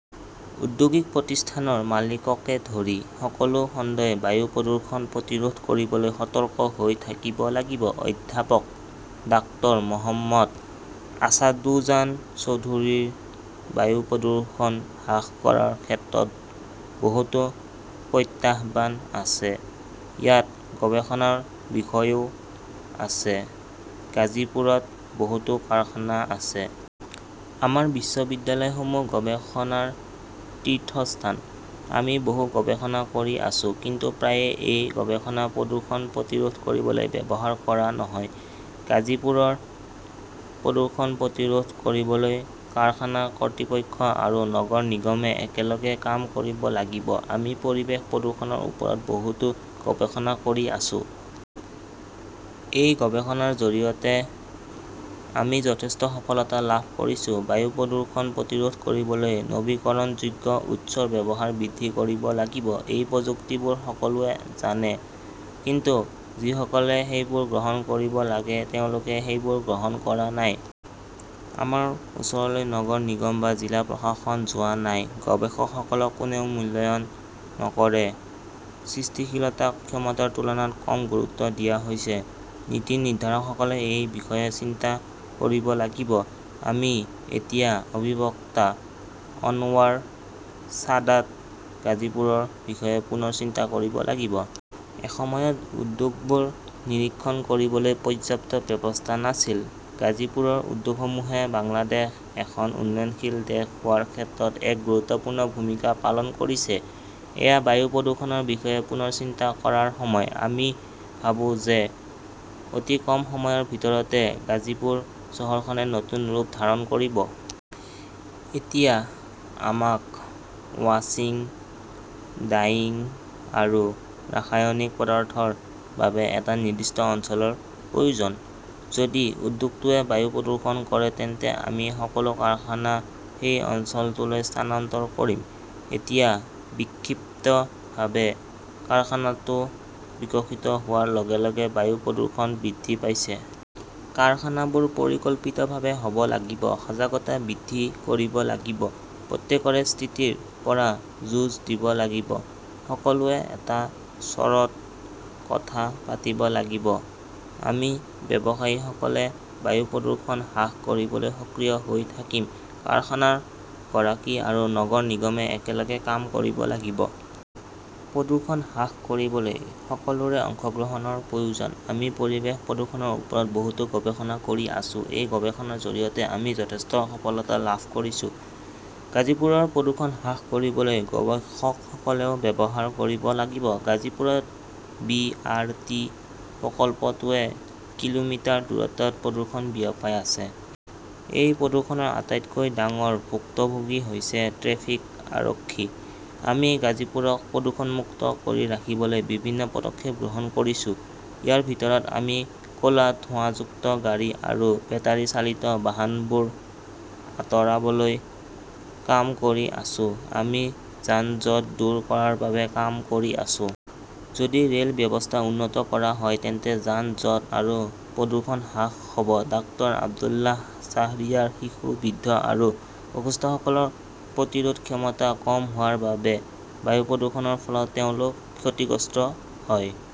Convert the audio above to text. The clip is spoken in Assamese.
ঔদ্যোগিক প্ৰতিষ্ঠানৰ মালিককে ধৰি সকলো খণ্ডই বায়ু প্ৰদূষণ প্ৰতিৰোধ কৰিবলৈ সতৰ্ক হৈ থাকিব লাগিব। অধ্যাপক ডাক্টৰ মহম্মদ আছাদুজান চৌধুৰীৰ বায়ু প্ৰদূষণ হ্ৰাস কৰাৰ ক্ষেত্ৰত বহুতো প্ৰত্যাহ্বান আছে। ইয়াত গৱেষণাৰ বিষয়ও আছে। গাজীপুৰত বহুতো কাৰখানা আছে। আমাৰ বিশ্ববিদ্যালয়সমূহ গৱেষণাৰ তীৰ্থস্থান। আমি বহু গৱেষণা কৰি আছো। কিন্তু প্ৰায়ে এই গৱেষণা প্ৰদূষণ প্ৰতিৰোধ কৰিবলৈ ব্যৱহাৰ কৰা নহয়। গাজীপুৰৰ প্ৰদূষণ প্ৰতিৰোধ কৰিবলৈ কাৰখানা কৰ্তৃপক্ষ আৰু নগৰ নিগমে একেলগে কাম কৰিব লাগিব। আমি পৰিৱেশ প্ৰদূষণৰ ওপৰত বহুতো গৱেষণা কৰি আছো। এই গৱেষণাৰ জৰিয়তে আমি যথেষ্ট সফলতা লাভ কৰিছো। বায়ু প্ৰদূষণ প্ৰতিৰোধ কৰিবলৈ নৱীকৰণযোগ্য উৎসৰ ব্যৱহাৰ বৃদ্ধি কৰিব লাগিব। এই প্ৰযুক্তিবোৰ সকলোৱে জানে, কিন্তু যিসকলে সেইবোৰ গ্ৰহণ কৰিব লাগে তেওঁলোকে সেইবোৰ গ্ৰহণ কৰা নাই। আমাৰ ওচৰলৈ নগৰ নিগম বা জিলা প্ৰশাসন যোৱা নাই। গৱেষকসকলক কোনেও মূল্যায়ন নকৰে। সৃষ্টিশীলতাক ক্ষমতাৰ তুলনাত কম গুৰুত্ব দিয়া হৈছে। নীতি নিৰ্ধাৰকসকলে এই বিষয়ে চিন্তা কৰিব লাগিব। আমি এতিয়া অধিবক্তা অনৱাৰ ছাদাত গাজীপুৰৰ বিষয়ে পুনৰ চিন্তা কৰিব লাগিব। এসময়ত উদ্যোগবোৰ নিৰীক্ষণ কৰিবলৈ পৰ্যাপ্ত ব্যৱস্থা নাছিল। গাজীপুৰৰ উদ্যোগসমূহে বাংলাদেশ এখন উন্নয়নশীল দেশ হোৱাৰ ক্ষেত্ৰত এক গুৰুত্বপূৰ্ণ ভূমিকা পালন কৰিছে। এয়া বায়ু প্ৰদূষণৰ বিষয়ে পুনৰ চিন্তা কৰাৰ সময়। আমি ভাবো যে অতি কম সময়ৰ ভিতৰতে গাজীপুৰ চহৰখনে নতুন ৰূপ ধাৰণ কৰিব। এতিয়া আমাক ৱাশ্বিং, ডাইং আৰু ৰাসায়নিক পদাৰ্থৰ বাবে এটা নিৰ্দিষ্ট অঞ্চলৰ প্ৰয়োজন। যদি উদ্যোগটোৱে বায়ু প্ৰদূষণ কৰে তেন্তে আমি সকলো কাৰখানা সেই অঞ্চললৈ স্থানান্তৰ কৰিম। এতিয়া বিক্ষিপ্তভাৱে কাৰখানাটো বিকশিত হোৱাৰ লগে লগে বায়ু প্ৰদূষণ বৃদ্ধি পাইছে। কাৰখানাবোৰ পৰিকল্পিতভাৱে হ’ব লাগিব। সজাগতা বৃদ্ধি কৰিব লাগিব। প্ৰত্যেকৰে স্থিতিৰ পৰা যুঁজ দিব লাগিব। সকলোৱে এটা স্বৰত কথা পাতিব লাগিব। আমি ব্যৱসায়ীসকলে বায়ু প্ৰদূষণ হ্ৰাস কৰিবলৈ সক্ৰিয় হৈ থাকিম। কাৰখানাৰ গৰাকী আৰু নগৰ নিগমে একেলগে কাম কৰিব লাগিব। প্ৰদূষণ হ্ৰাস কৰিবলৈ সকলোৰে অংশগ্ৰহণৰ প্ৰয়োজন। আমি পৰিৱেশ প্ৰদূষণৰ ওপৰত বহুতো গৱেষণা কৰি আছো। এই গৱেষণাৰ জৰিয়তে আমি যথেষ্ট সফলতা লাভ কৰিছো। গাজীপুৰৰ প্ৰদূষণ হ্ৰাস কৰিবলৈ গৱেষকসকলেও ব্যৱহাৰ কৰিব লাগিব। গাজীপুৰত বি আৰ টি প্ৰকল্পটোৱে কিলোমিটাৰ দূৰত্বত প্ৰদূষণ বিয়পাই আছে। এই প্ৰদূষণৰ আটাইতকৈ ডাঙৰ ভুক্তভোগী হৈছে ট্ৰেফিক আৰক্ষী। আমি গাজীপুৰক প্ৰদূষণমুক্ত কৰি ৰাখিবলৈ বিভিন্ন পদক্ষেপ গ্ৰহণ কৰিছো। ইয়াৰ ভিতৰত আমি ক 'লা ধোঁৱাযুক্ত গাড়ী আৰু বেটাৰি চালিত বাহনবোৰ আঁতৰাবলৈ কাম কৰি আছো। আমি যান-জঁট দূৰ কৰাৰ বাবে কাম কৰি আছো। যদি ৰেল ব্যৱস্থা উন্নত কৰা হয় তেন্তে যান-জঁট আৰু প্ৰদূষণ হ্ৰাস হ’ব। ডাক্টৰ আব্দুল্লাহ শ্বাহৰিয়াৰ শিশু, বৃদ্ধ আৰু অসুস্থসকলৰ প্ৰতিৰোধ ক্ষমতা কম হোৱাৰ বাবে বায়ু প্ৰদূষণৰ ফলত তেওঁলোক ক্ষতিগ্ৰস্ত হয়।